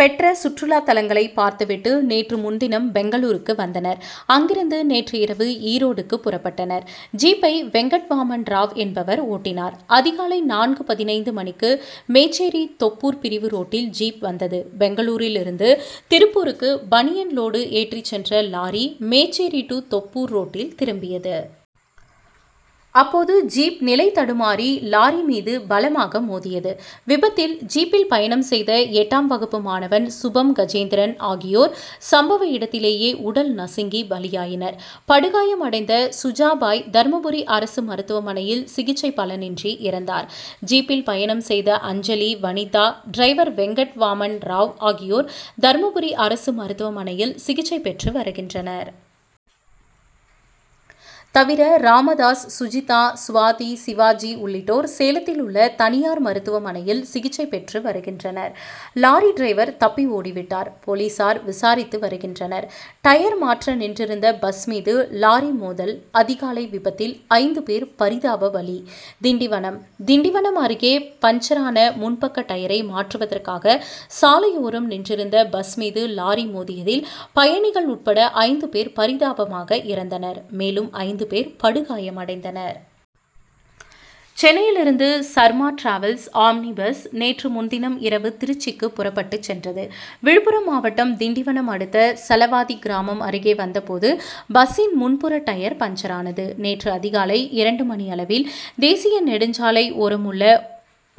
பெற்ற சுற்றுலா தலங்களை பார்த்து விட்டு நேற்று முன்தினம் பெங்களூருக்கு வந்தனர். அங்கிருந்து நேற்று இரவு ஈரோடுக்கு புறப்பட்டனர். ஜீப்பை வெங்கட்வாமன் ராவ் என்பவர் ஓட்டினார். அதிகாலை நான்கு பதினைந்து மணிக்கு மேச்சேரி தொப்பூர் பிரிவு ரோட்டில் ஜீப் வந்தது. பெங்களூருல் இருந்து திருப்பூருக்கு பனியன் லோடு ஏற்றிச் சென்ற லாரி மேச்சேரி- தொப்பூர் ரோட்டில் திரும்பியது. அப்போது ஜீப் நிலை தடுமாறி லாரி மீது பலமாக மோதியது. விபத்தில் ஜீப்பில் பயணம் செய்த எட்டாம் வகுப்பு மாணவன் சுபம் கஜேந்திரன் ஆகியோர் சம்பவ இடத்திலேயே உடல் நசுங்கி பலியாயினர். படுகாயம் அடைந்த சுஜாபாய் தர்மபுரி அரசு மருத்துவமனையில் சிகிச்சை பலனின்றி இறந்தார். ஜீப்பில் பயணம் செய்த அஞ்சலி வனிதா டிரைவர் வெங்கட்வாமன் ராவ் ஆகியோர் தர்மபுரி அரசு மருத்துவ மனை யில் சிகிச்சை பெற்று வருகின்றனர். தவிர ராமதாஸ் சுஜிதா சுவாதி சிவாஜி உள்ளிட்டோர் சேலத்தில் உள்ள தனியார் மருத்துவமனையில் சிகிச்சை பெற்று வருகின்றனர். லாரி டிரைவர் தப்பி ஓடி விட்டார். போலீசார் விசாரித்து வருகின்றனர். டயர் மாற்ற நின்றிருந்த பஸ் மீது லாரி மோதல் அதிகாலை விபத்தில் ஐந்து பேர் பரிதாப பலி திண்டிவனம் திண்டிவனம் அருகே பஞ்சரான முன்பக்க டயரை மாற்றுவதற்காக சாலையோரம் நின்றிருந்த பஸ் மீது லாரி மோதியதில் பயணிகள் உட்பட ஐந்து பேர் பரிதாபமாக இறந்தனர் மேலும் ஐந்து பேர் படுகாயமடைந்தனர். சென்னையில் இருந்து சர்மா டிராவல்ஸ் ஆம்னி பஸ் நேற்று முன்தினம் இரவு திருச்சிக்கு புறப்பட்டுச் சென்றது. விழுப்புரம் மாவட்டம் திண்டிவனம் அடுத்த சலவாதி கிராமம் அருகே வந்த போது பஸ்சின் முன்புற டயர் பஞ்சரானது. நேற்று அதிகாலை இரண்டு மணியளவில் தேசிய நெடுஞ்சாலை ஓரமுள்ள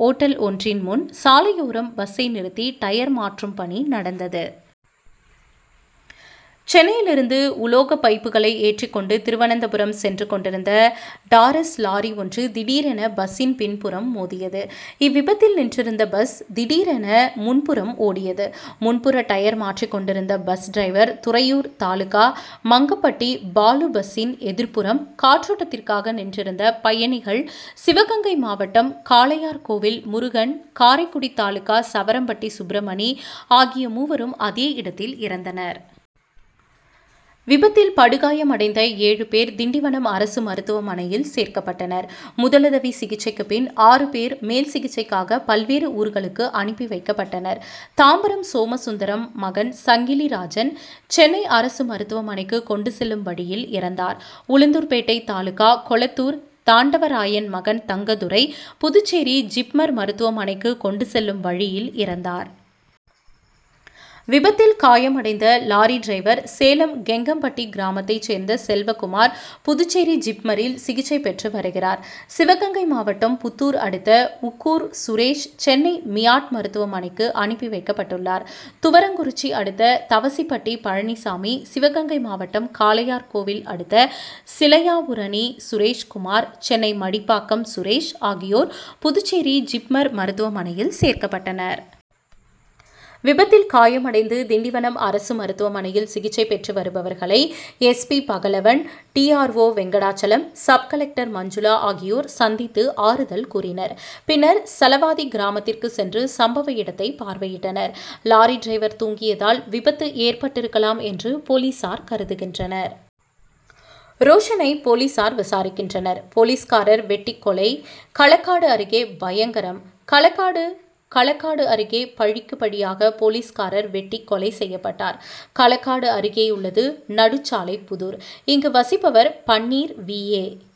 ஓட்டல் ஒன்றின் முன் சாலையோரம் பஸ்சை நிறுத்தி டயர் மாற்றும் பணி நடந்தது. சென்னையில் இருந்து உலோக பைப்புகளை ஏற்றிக்கொண்டு திருவனந்தபுரம் சென்று கொண்டிருந்த டாரஸ் லாரி ஒன்று திடீரென பஸ்சின் பின்புறம் மோதியது. இவ்விபத்தில் நின்றிருந்த பஸ் திடீரென முன்புறம் ஓடியது. முன்புற டயர் மாற்றிக் கொண்டிருந்த பஸ் டிரைவர் துறையூர் தாலுகா மங்கப்பட்டி பாலு பஸ்சின் எதிர்புறம் காற்றோட்டத்திற்காக நின்றிருந்த பயணிகள் சிவகங்கை மாவட்டம் காளையார் கோவில் முருகன் காரைக்குடி தாலுகா சவரம்பட்டி சுப்ரமணி ஆகிய மூவரும் அதே இடத்தில் இறந்தனர். விபத்தில் படுகாயமடைந்த ஏழு பேர் திண்டிவனம் அரசு மருத்துவமனையில் சேர்க்கப்பட்டனர். முதலுதவி சிகிச்சைக்கு பின் ஆறு பேர் மேல் சிகிச்சைக்காக பல்வேறு ஊர்களுக்கு அனுப்பி வைக்கப்பட்டனர். தாம்பரம் சோமசுந்தரம் மகன் சங்கிலிராஜன் சென்னை அரசு மருத்துவமனைக்கு கொண்டு செல்லும் வழியில் இறந்தார். உளுந்தூர்பேட்டை தாலுகா கொளத்தூர் தாண்டவராயன் மகன் தங்கதுரை புதுச்சேரி ஜிப்மர் மருத்துவமனைக்கு கொண்டு செல்லும் வழியில் இறந்தார். விபத்தில் காயமடைந்த லாரி டிரைவர் சேலம் கெங்கப்பட்டி கிராமத்தைச் சேர்ந்த செல்வகுமார் புதுச்சேரி ஜிப்மரில் சிகிச்சை பெற்று வருகிறார். சிவகங்கை மாவட்டம் புத்தூர் அடுத்த உக்கூர் சுரேஷ் சென்னை மியாட் மருத்துவமனைக்கு அனுப்பி வைக்கப்பட்டுள்ளார். துவரங்குறிச்சி அடுத்த தவசிப்பட்டி பழனிசாமி சிவகங்கை மாவட்டம் காளையார் கோவில் அடுத்த சிலையாவூரணி சுரேஷ்குமார் சென்னை மடிப்பாக்கம் சுரேஷ் ஆகியோர் புதுச்சேரி ஜிப்மர் மருத்துவமனையில் சேர்க்கப்பட்டனர். விபத்தில் காயமடைந்து திண்டிவனம் அரசு மருத்துவமனையில் சிகிச்சை பெறுபவர்களை S. P. Pagalavan D. R. O. Venkatachalam sub collector Manjula ஆகியோர் சந்தித்து ஆறுதல் கூறினர். பின்னர் சலவாதி கிராமத்திற்கு சென்று சம்பவ இடத்தை பார்வையிட்டனர். லாரி டிரைவர் தூங்கியதால் விபத்து ஏற்பட்டிருக்கலாம் என்று போலீசார் கருதுகின்றனர். ரோஷணை போலீசார் விசாரிக்கின்றனர். போலீஸ்காரர் வெட்டிக் கொலை களக்காடு அருகே பயங்கரம் களக்காடு களக்காடு அருகே பழிக்கு பழியாக போலீஸ்காரர் வெட்டிக் கொலை செய்யப்பட்டார். களக்காடு அருகேயுள்ளது நடுச்சாலைப்புதூர். இங்கு வசிப்பவர் பன்னீர். வி. ஏ.